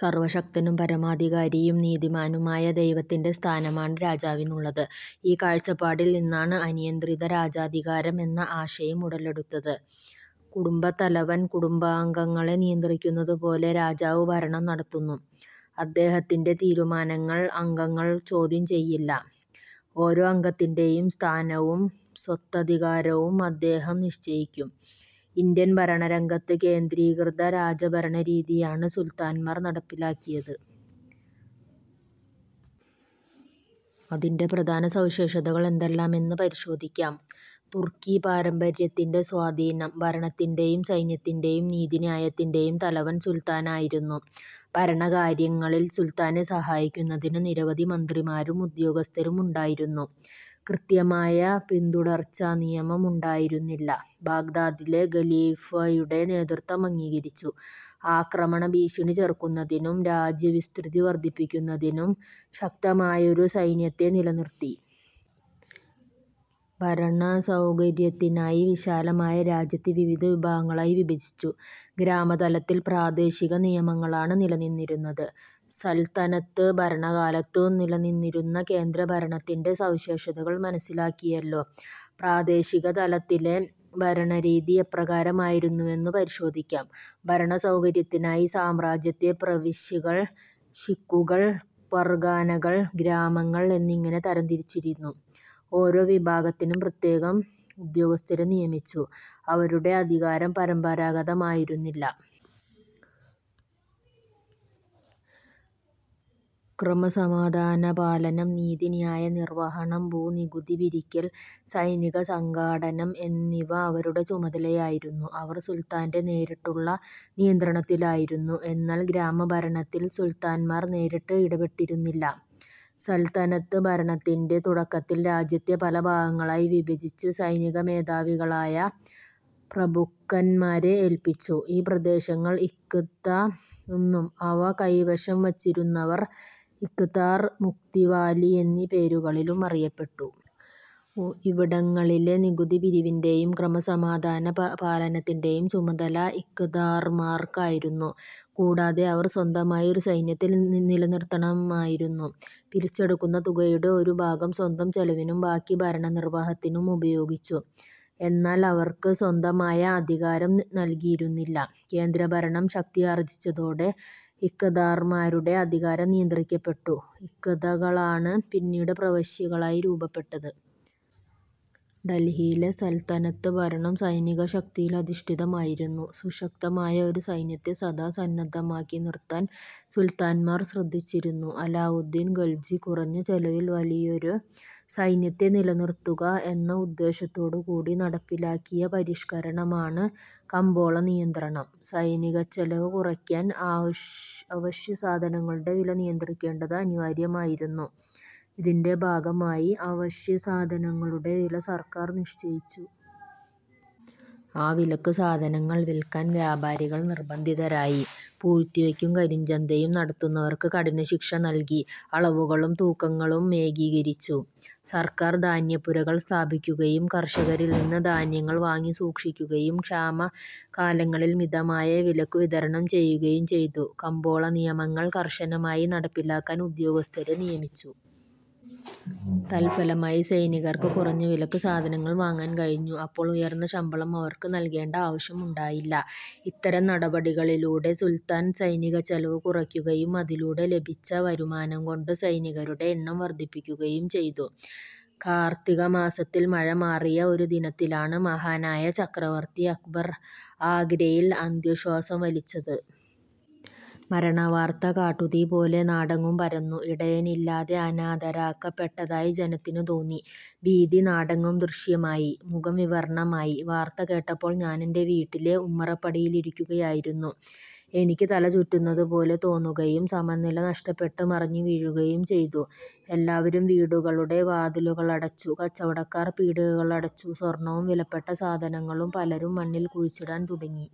സർവശക്തനും പരമാധികാരിയും നീതിമാനുമായ ദൈവത്തിന്റെ സ്ഥാനമാണ് രാജാവിനുള്ളത്. ഈ കാഴ്ചപ്പാടിൽ നിന്നാണ് അനിയന്ത്രിത രാജാധികാരം എന്ന ആശയം ഉടലെടുത്തത്. കുടുംബത്തലവൻ കുടുംബാംഗങ്ങളെ നിയന്ത്രിക്കുന്നതുപോലെ രാജാവ് ഭരണം നടത്തുന്നു. അദ്ദേഹത്തിന്റെ തീരുമാനങ്ങൾ അംഗങ്ങൾ ചോദ്യം ചെയ്യില്ല. ഓരോ അംഗത്തിന്റെയും സ്ഥാനവും സ്വത്തധികാരവും അദ്ദേഹം നിശ്ച യിക്കും. ഇന്ത്യൻ ഭരണരംഗത്ത് കേന്ദ്രീകൃത രാജഭരണരീതിയാണ് സുൽത്താന്മാർ നടപ്പിലാക്കിയത്. അതിന്റെ പ്രധാന സവിശേഷതകൾ എന്തെല്ലാമെന്ന് പരിശോധിക്കാം. തുർക്കി പാരമ്പര്യത്തിന്റെ സ്വാധീനം. ഭരണത്തിന്റെയും സൈന്യത്തിന്റെയും നീതി ന്യായത്തിന്റെയും തലവൻ സുൽത്താനായിരുന്നു. ഭരണകാര്യങ്ങളിൽ സുൽത്താനെ സഹായിക്കുന്നതിന് നിരവധി മന്ത്രിമാരും ഉദ്യോഗസ്ഥരും ഉണ്ടായിരുന്നു. കൃത്യമായ പിന്തുടർച്ചാ നിയമം ഉണ്ടായിരുന്നില്ല. ബാഗ്ദാദിലെ ഖലീഫയുടെ നേതൃത്വം അംഗീകരിച്ചു. ആക്രമണഭീഷണി ചെറുക്കുന്നതിനും രാജ്യവിസ്തൃതി വർധിപ്പിക്കുന്നതിനും ശക്തമായൊരു സൈന്യത്തെ നില നിർത്തി. ഭരണസൗകര്യത്തിനായി വിശാലമായ രാജ്യത്തെ വിവിധ വിഭാഗങ്ങളായി വിഭജിച്ചു. ഗ്രാമതലത്തിൽ പ്രാദേശികനിയമങ്ങളാണ് നിലനിന്നിരുന്നത്. സൽത്തനത്ത് ഭരണകാലത്തു നിലനിന്നിരുന്ന കേന്ദ്രഭരണത്തിന്റെ സവിശേഷതകൾ മനസ്സിലാക്കിയല്ലോ. പ്രാദേശികതലത്തിലെ ഭരണരീതി എപ്രകാരമായിരുന്നുവെന്നു പരിശോധിക്കാം. ഭരണസൗകര്യത്തിനായി സാമ്രാജ്യത്തെ പ്രവിശ്യകൾ, ഷിഖുകൾ, പർഗാനകൾ, ഗ്രാമങ്ങൾ എന്നിങ്ങനെ തരംതിരിച്ചിരുന്നു. ഓരോ വിഭാഗത്തിനും പ്രത്യേകം ഉദ്യോഗസ്ഥരെ നിയമിച്ചു. അവരുടെ അധികാരം പരമ്പരാഗതമായിരുന്നില്ല. ക്രമസമാധാനപാലനം, നീതി ന്യായനിർവഹണം, ഭൂനികുതി പിരിക്കൽ, സൈനികസംഘാടനം എന്നിവ അവരുടെ ചുമതലയായിരുന്നു. അവർ സുൽത്താന്റെ നേരിട്ടുള്ള നിയന്ത്രണത്തിലായിരുന്നു. എന്നാൽ ഗ്രാമഭരണത്തിൽ സുൽത്താന്മാർ നേരിട്ട് ഇടപെട്ടിരുന്നില്ല. സൽത്തനത്ത് ഭരണത്തിന്റെ തുടക്കത്തിൽ രാജ്യത്തെ പലഭാഗങ്ങളായി വിഭജിച്ച് സൈനികമേധാവികളായ പ്രഭുക്കന്മാരെ ഏൽപ്പിച്ചു. ഈ പ്രദേശങ്ങൾ ഇഖ്ത എന്നും അവ കൈവശം വച്ചിരുന്നവർ "ഇഖദാർ', "മുഖ്തി', 'വാലി' എന്നീ പേരുകളിലും അറിയപ്പെട്ടു. ഇവിടങ്ങളിലെ നികുതിപിരിവിന്റെയും ക്രമസമാധാന പാലനത്തിന്റെയും ചുമതല ഇഖ്ദാർമാർക്കായിരുന്നു. കൂടാതെ, അവർ സ്വന്തമായി ഒരു സൈന്യത്തെ നില നിർത്തണമായിരുന്നു. പിരിച്ചെടുക്കുന്ന തുകയുടെ ഒരു ഭാഗം സ്വന്തം ചെലവിനും ബാക്കി ഭരണനിർവഹണത്തിനും ഉപയോഗിച്ചു. എന്നാൽ അവർക്ക് സ്വതന്ത്രമായ അധികാരം നൽകിയിരുന്നില്ല. കേന്ദ്രഭരണം ശക്തിയാർജിച്ചതോടെ ഇഖ്ദാർമാരുടെ അധികാരം നിയന്ത്രിക്കപ്പെട്ടു. ഇഖ്തകളാണ് പിന്നീട് പ്രവിശ്യകളായി രൂപപ്പെട്ടത്. ഡൽഹിയിലെ സൽത്തനത്ത് ഭരണം സൈനിക ശക്തിയിലധിഷ്ഠിതമായിരുന്നു. സുശക്തമായ ഒരു സൈന്യത്തെ സദാ സന്നദ്ധമാക്കി നിർത്താൻ സുൽത്താന്മാർ ശ്രദ്ധിച്ചിരുന്നു. അലാവുദ്ദീൻ ഖൽജി കുറഞ്ഞ ചെലവിൽ വലിയൊരു സൈന്യത്തെ നിലനിർത്തുക എന്ന ഉദ്ദേശ്യത്തോടുകൂടി നടപ്പിലാക്കിയ പരിഷ്കരണമാണ് കമ്പോളനിയന്ത്രണം. സൈനികച്ചെലവ് കുറയ്ക്കാൻ അവശ്യസാധനങ്ങളുടെ വില നിയന്ത്രിക്കേണ്ടത് അനിവാര്യമായിരുന്നു. ഇതിന്റെ ഭാഗമായി അവശ്യസാധനങ്ങളുടെ വില സർക്കാർ നിശ്ചയിച്ചു. ആ വിലയ്ക്കു സാധനങ്ങൾ വിൽക്കാൻ വ്യാപാരികൾ നിർബന്ധിതരായി. പൂഴ്ത്തിവയ്ക്കും കരിഞ്ചന്തയും നടത്തുന്ന വർക്ക് കഠിനശിക്ഷ നൽകി. അളവുകളും തൂക്കങ്ങളും ഏകീകരിച്ചു. സർക്കാർ ധാന്യപ്പുരകൾ സ്ഥാപിക്കുകയും കർഷകരിൽനിന്ന് ധാന്യങ്ങൾ വാങ്ങി സൂക്ഷിക്കുകയും ക്ഷാമകാലങ്ങളിൽ മിതമായ വിലയ്ക്കു വിതരണം ചെയ്യുകയും ചെയ്തു. കമ്പോള നിയമങ്ങൾ കർശനമായി നടപ്പിലാക്കാൻ ഉദ്യോഗസ്ഥരെ നിയമിച്ചു. തദ്ഫലമായി സൈനികർക്ക് കുറഞ്ഞ വിലയ്ക്ക് സാധനങ്ങൾ വാങ്ങാൻ കഴിഞ്ഞു. അപ്പോൾ ഉയർന്ന ശമ്പളം അവർക്ക് നൽകേണ്ട ആവശ്യം ഉണ്ടായില്ല. ഇത്തരം നടപടികളിലൂടെ സുൽത്താൻ സൈനികച്ചെലവ് കുറയ്ക്കുകയും അതിലൂടെ ലഭിച്ച വരുമാനം കൊണ്ട് സൈനികരുടെ എണ്ണം വർധിപ്പിക്കുകയും ചെയ്തു. കാർത്തികമാസത്തിൽ മഴമാറിയ ഒരു ദിനത്തിലാണ് മഹാനായ ചക്രവർത്തി അക്ബർ ആഗ്രയിൽ അന്ത്യശ്വാസം വലിച്ചത്. മരണവാർത്ത കാട്ടുതീപോലെ നാടെങ്ങും പരന്നു. ഇടയനില്ലാതെ അനാഥരാക്കപ്പെട്ടതായി ജനത്തിനു തോന്നി. ഭീതി നാടെങ്ങും ദൃശ്യമായി, മുഖം വിവർണമായി... വാർത്ത കേട്ടപ്പോൾ ഞാനെന്റെ വീട്ടിലെ ഉമ്മറപ്പടിയിലിരിക്കുകയായിരുന്നു. എനിക്ക് തല ചുറ്റുന്നതുപോലെ തോന്നുകയും സമനില നഷ്ടപ്പെട്ട് മറിഞ്ഞു വീഴുകയും ചെയ്തു. എല്ലാവരും വീടുകളുടെ വാതിലുകളടച്ചു. കച്ചവടക്കാർ പീടികകളടച്ചു. സ്വർണവും വിലപ്പെട്ട സാധനങ്ങളും പലരും മണ്ണിൽ കുഴിച്ചിടാൻ തുടങ്ങി.